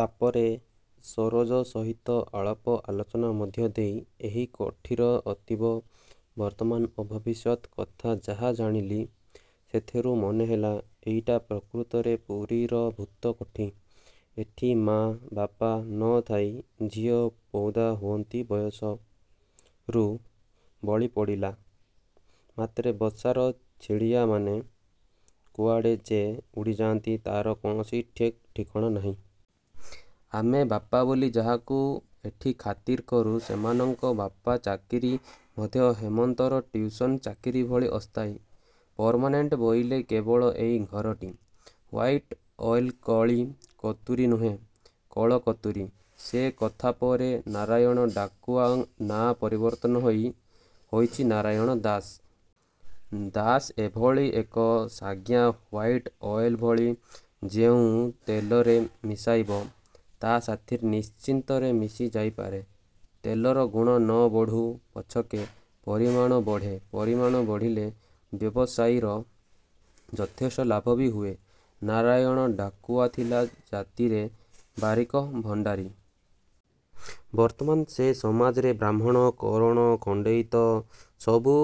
ତାପରେ ସରୋଜା ସହିତ ଆଳାପ ଆଲୋଚନା ମଧ୍ୟ ଦେଇ ଏହି କୋଠିର ଅତୀତ, ବର୍ତ୍ତମାନ ଓ ଭବିଷତ୍ କଥା ଯାହା ଜାଣିଲି ସେଥିରୁ ମନେହେଲା, ଏଇଟା ପ୍ରକୃତରେ ପୁରୀର ଭୂତ କୋଠି। ଏଠି ମା'ବାପା ନ ଥାଇ ଝିଅ ପୈଦା ହୁଅନ୍ତି ବୟସ। ରୁ ବଳି ପଡ଼ିଲା ମାତ୍ରେ ବସାର ଚିଡ଼ିଆମାନେ କୁଆଡ଼େ ଯେ ଉଡ଼ିଯାଆନ୍ତି, ତାର କୌଣସି ଠିକ୍ ଠିକଣା ନାହିଁ। ଆମେ ବାପା ବୋଲି ଯାହାକୁ ଏଠି ଖାତିର କରୁ, ସେମାନଙ୍କ ବାପାଚାକିରି ମଧ୍ୟ ହେମନ୍ତର ଟ୍ୟୁସନ ଚାକିରି ଭଳି ଅସ୍ଥାୟୀ। ପର୍ମାନେଣ୍ଟ ବୋଇଲେ କେବଳ ଏଇ ଘରଟି। ହ୍ୱାଇଟ୍ ଅଏଲ କଳି କତୁରୀ ନୁହେଁ, କଳ କତୁରୀ। ସେ କଥା ପରେ….. ନାରାୟଣ ଡାକୁଆ ନାଁ ପରିବର୍ତ୍ତନ ହୋଇ ହୋଇଚି ନାରାୟଣ ଦାସ। ଦାସ ଏଭଳି ଏକ ସାଜ୍ଞା, ହ୍ୱାଇଟ୍ ଅଏଲ ଭଳି ଯେଉଁ ତେଲରେ ମିଶାଇବ, ତା ସାଥିରେ ନିଶ୍ଚିନ୍ତରେ ମିଶି ଯାଇପାରେ। ତେଲର ଗୁଣ ନ ବଢ଼ୁ ପଛକେ, ପରିମାଣ ବଢ଼େ, ପରିମାଣ ବଢ଼ିଲେ, ବ୍ୟବସାୟୀର ଯଥେଷ୍ଟ ଲାଭ ବି ହୁଏ। ନାରାୟଣ ଡାକୁଆ ଥିଲା ଜାତିରେ ବାରିକ, ଭଣ୍ଡାରୀ। ବର୍ତ୍ତମାନ ସେ ସମାଜରେ ବ୍ରାହ୍ମଣ, କରଣ, ଖଣ୍ଡେଇତ ସବୁ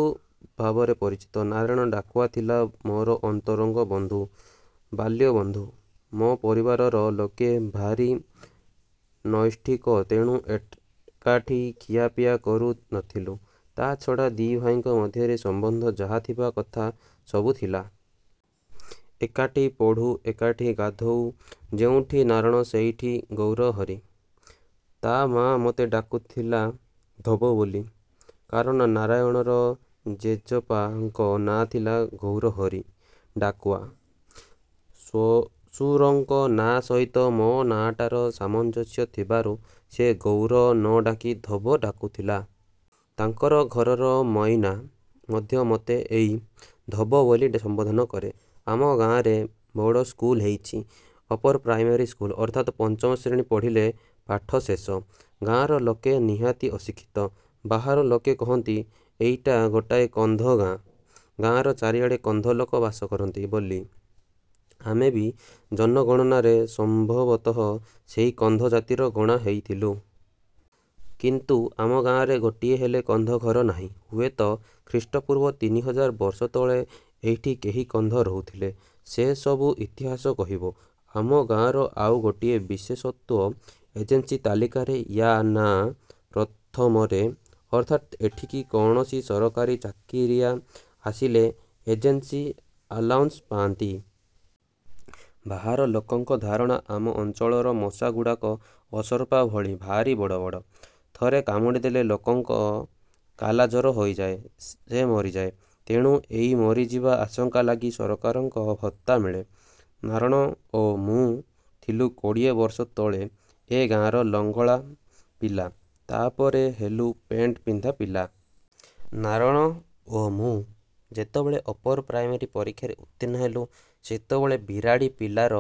ଭାବରେ ପରିଚିତ। ନାରାୟଣ ଡାକୁଆ ଥିଲା ମୋର ଅନ୍ତରଙ୍ଗ ବନ୍ଧୁ। ବାଲ୍ୟବନ୍ଧୁ। ମୋ ପରିବାରର ଲୋକେ ଭାରି ନୈଷ୍ଠିକ ତେଣୁ ଏକାଠି ଖିଆପିଆ କରୁ ନଥିଲୁ, ତା ଛଡ଼ା ଦି ଭାଇଙ୍କ ମଧ୍ୟରେ ସମ୍ବନ୍ଧ ଯାହା ଥିବା କଥା, ସବୁଥିଲା। ଏକାଠି ପଢ଼ୁ, ଏକାଠି ଗାଧୋଉ—ଯେଉଁଠି ନାରଣ ସେଇଠି ଗୌରହରି। ତା ମା' ମତେ ଡାକୁଥିଲା 'ଧୋବ' ବୋଲି। କାରଣ ନାରାଣର ଜେଜପା ଙ୍କ ନାଁ ଥିଲା ଗୌରହରି ଡାକୁଆ। ଶ୍ୱଶୁରଙ୍କ ନାଁ ସହିତ ମୋ ନାଁଟାର ସାମଂଜସ୍ୟ ଥିବାରୁ ସେ ଗୌର ନ ଡାକି 'ଧୋବ' ଡାକୁଥିଲା। ତାଙ୍କ ଘରର ମଇନା ମଧ୍ୟ ମତେ ଏଇ 'ଧୋବ' ବୋଲି ସମ୍ବୋଧନ କରେ। ଆମ ଗାଁରେ ବଡ଼ ସ୍କୁଲ ହେଉଚି, ଅପରପ୍ରାଇମେରୀ ସ୍କୁଲ, ଅର୍ଥାତ୍ ପଞ୍ଚମ ଶ୍ରେଣୀ ପଢ଼ିଲେ ପାଠ ଶେଷ। ଗାଁର ଲୋକେ ନିହାତି ଅଶିକ୍ଷିତ। ବାହାର ଲୋକେ କହନ୍ତି, ଏଇଟା ଗୋଟାଏ କନ୍ଧ ଗାଁ—ଗାଁର ଚାରିଆଡ଼େ କନ୍ଧଲୋକ ବାସ କରନ୍ତି ବୋଲି, ଆମେବି ଜନଗଣନାରେ ସଂଭବତଃ ସେଇ କନ୍ଧ ଜାତିରେ ଗଣା ହେଉଥିଲୁ। କିନ୍ତୁ ଆମ ଗାଁରେ ଗୋଟିଏ ହେଲେ କନ୍ଧ ଘର ନାହିଁ। ହୁଏତ ଖ୍ରୀଷ୍ଟପୂର୍ବ ତିନି ହଜାର ବର୍ଷ ତଳେ ଏଇଠି କେହି କନ୍ଧ ରହୁଥିଲେ, ସେ ସବୁ ଇତିହାସ କହିବ। ଆମ ଗାଁର ଆଉ ଗୋଟିଏ ବିଶେଷତ୍ୱ—ଏଜେନ୍ସି ତାଲିକାରେ ୟା ନାଁ ପ୍ରଥମରେ। ଅର୍ଥାତ୍ ଏଠିକି କୌଣସି ସରକାରୀ ଚାକିରିଆ ଆସିଲେ, ଏଜେନ୍ସି ଆଲାଉନସ୍ ପାଆନ୍ତି। ବାହାର ଲୋକଙ୍କ ଧାରଣା, ଆମ ଅଞ୍ଚଳର ମଶାଗୁଡ଼ାକ ଅସରପା ଭଳି ଭାରି ବଡ଼ ବଡ଼। ଥରେ କାମୁଡ଼ିଲେ ଲୋକଙ୍କ 'କାଲାଜର' ହୋଇଯାଏ, ସେ ମରିଯାଏ। ତେଣୁ ଏଇ ମରିଯିବା ଆଶଙ୍କା ଲାଗି ସରକାରଙ୍କ ଭତ୍ତା ମିଳେ। ନାରଣ ଓ ମୁଁ ଥିଲୁ କୋଡ଼ିଏ ବର୍ଷ ତଳେ ଏ ଗାଁର ଲଙ୍ଗଳା ପିଲା, ତାପରେ ହେଲୁ ପେଣ୍ଟ ପିନ୍ଧା ପିଲା। ନାରଣ ଓ ମୁଁ ଯେତେବେଳେ ଅପରପ୍ରାଇମେରୀ ପରୀକ୍ଷାରେ ଉତ୍ତୀର୍ଣ୍ଣ ହେଲୁ, ସେତେବେଳେ, ବିରାଡ଼ି ପିଲାର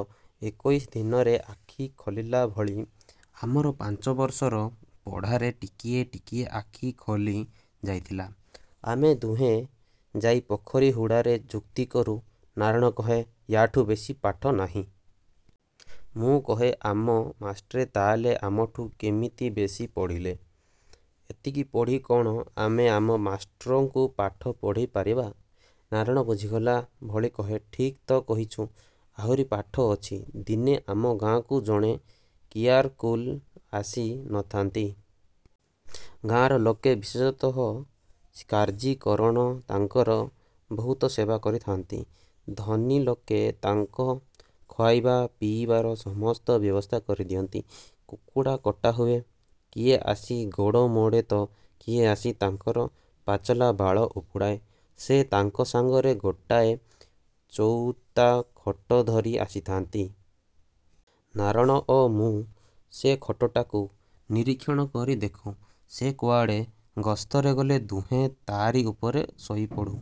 ଏକୋଇଶ ଦିନରେ ଆଖିଖୋଲିଲାଭଳି ଆମର ପାଞ୍ଚ ବର୍ଷର ପଢ଼ାରେ, ଟିକିଏ ଟିକିଏ ଆଖି ଖୋଲି ଯାଇଥିଲା। ଆମେ ଦୁହେଁ ଯାଇ ପୋଖରୀ ହୁଡ଼ାରେ ଯୁକ୍ତି କରୁ—ନାରଣ କହେ ୟାଠୁ ବେଶୀ ପାଠ ନାହିଁ। ମୁଁ କହେ, ଆମ ମାଷ୍ଟ୍ରେ ତାହାହେଲେ ଆମଠୁ କିମିତି ବେଶୀ ପଢ଼ିଲେ? ଏତିକି ପଢ଼ି କ'ଣ ଆମେ ଆମ ମାଷ୍ଟ୍ରଙ୍କୁ ପାଠ ପଢ଼େଇ ପାରିବା? ନାରଣ ବୁଝିଗଲା ଭଳି କହେ, ଠିକ୍ ତ କହିଚୁ। ଆହୁରି ପାଠ ଅଛି। ଦିନେ ଆମ ଗାଁକୁ ଜଣେ କିଆରକୁଲୁ ଆସି ନଥାନ୍ତି। ଗାଁର ଲୋକେ ବିଶେଷତଃ କାର୍ଯୀ, କରଣ ତାଙ୍କର ବହୁତ ସେବା କରି ଥାଆନ୍ତି।। ଧନୀଲୋକେ, ତାଙ୍କ ଖଆଇବା ପିଇବାର ସମସ୍ତ ବ୍ୟବସ୍ଥା କରି ଦିଅନ୍ତି। କୁକୁଡ଼ା କଟାହୁଏ। କିଏ ଆସି ଗୋଡ଼ ମୋଡ଼େତ, କିଏ ଆସି ତାଙ୍କର ପାଚଲା ବାଳ ଉପୁଡ଼ାଏ। ସେ ତାଙ୍କ ସାଙ୍ଗରେ ଗୋଟାଏ ଚଉତା ଖଟ ଧରି ଆସିଥାଆନ୍ତି। ନାରଣ ଓ ମୁଁ ସେ ଖଟଟାକୁ ନିରୀକ୍ଷଣ କରି ଦେଖୁ। ସେ କୁଆଡ଼େ ଗସ୍ତରେ ଗଲେ ଦୁହେଁ ତାରି ଉପରେ ଶୋଇପଡ଼ୁ।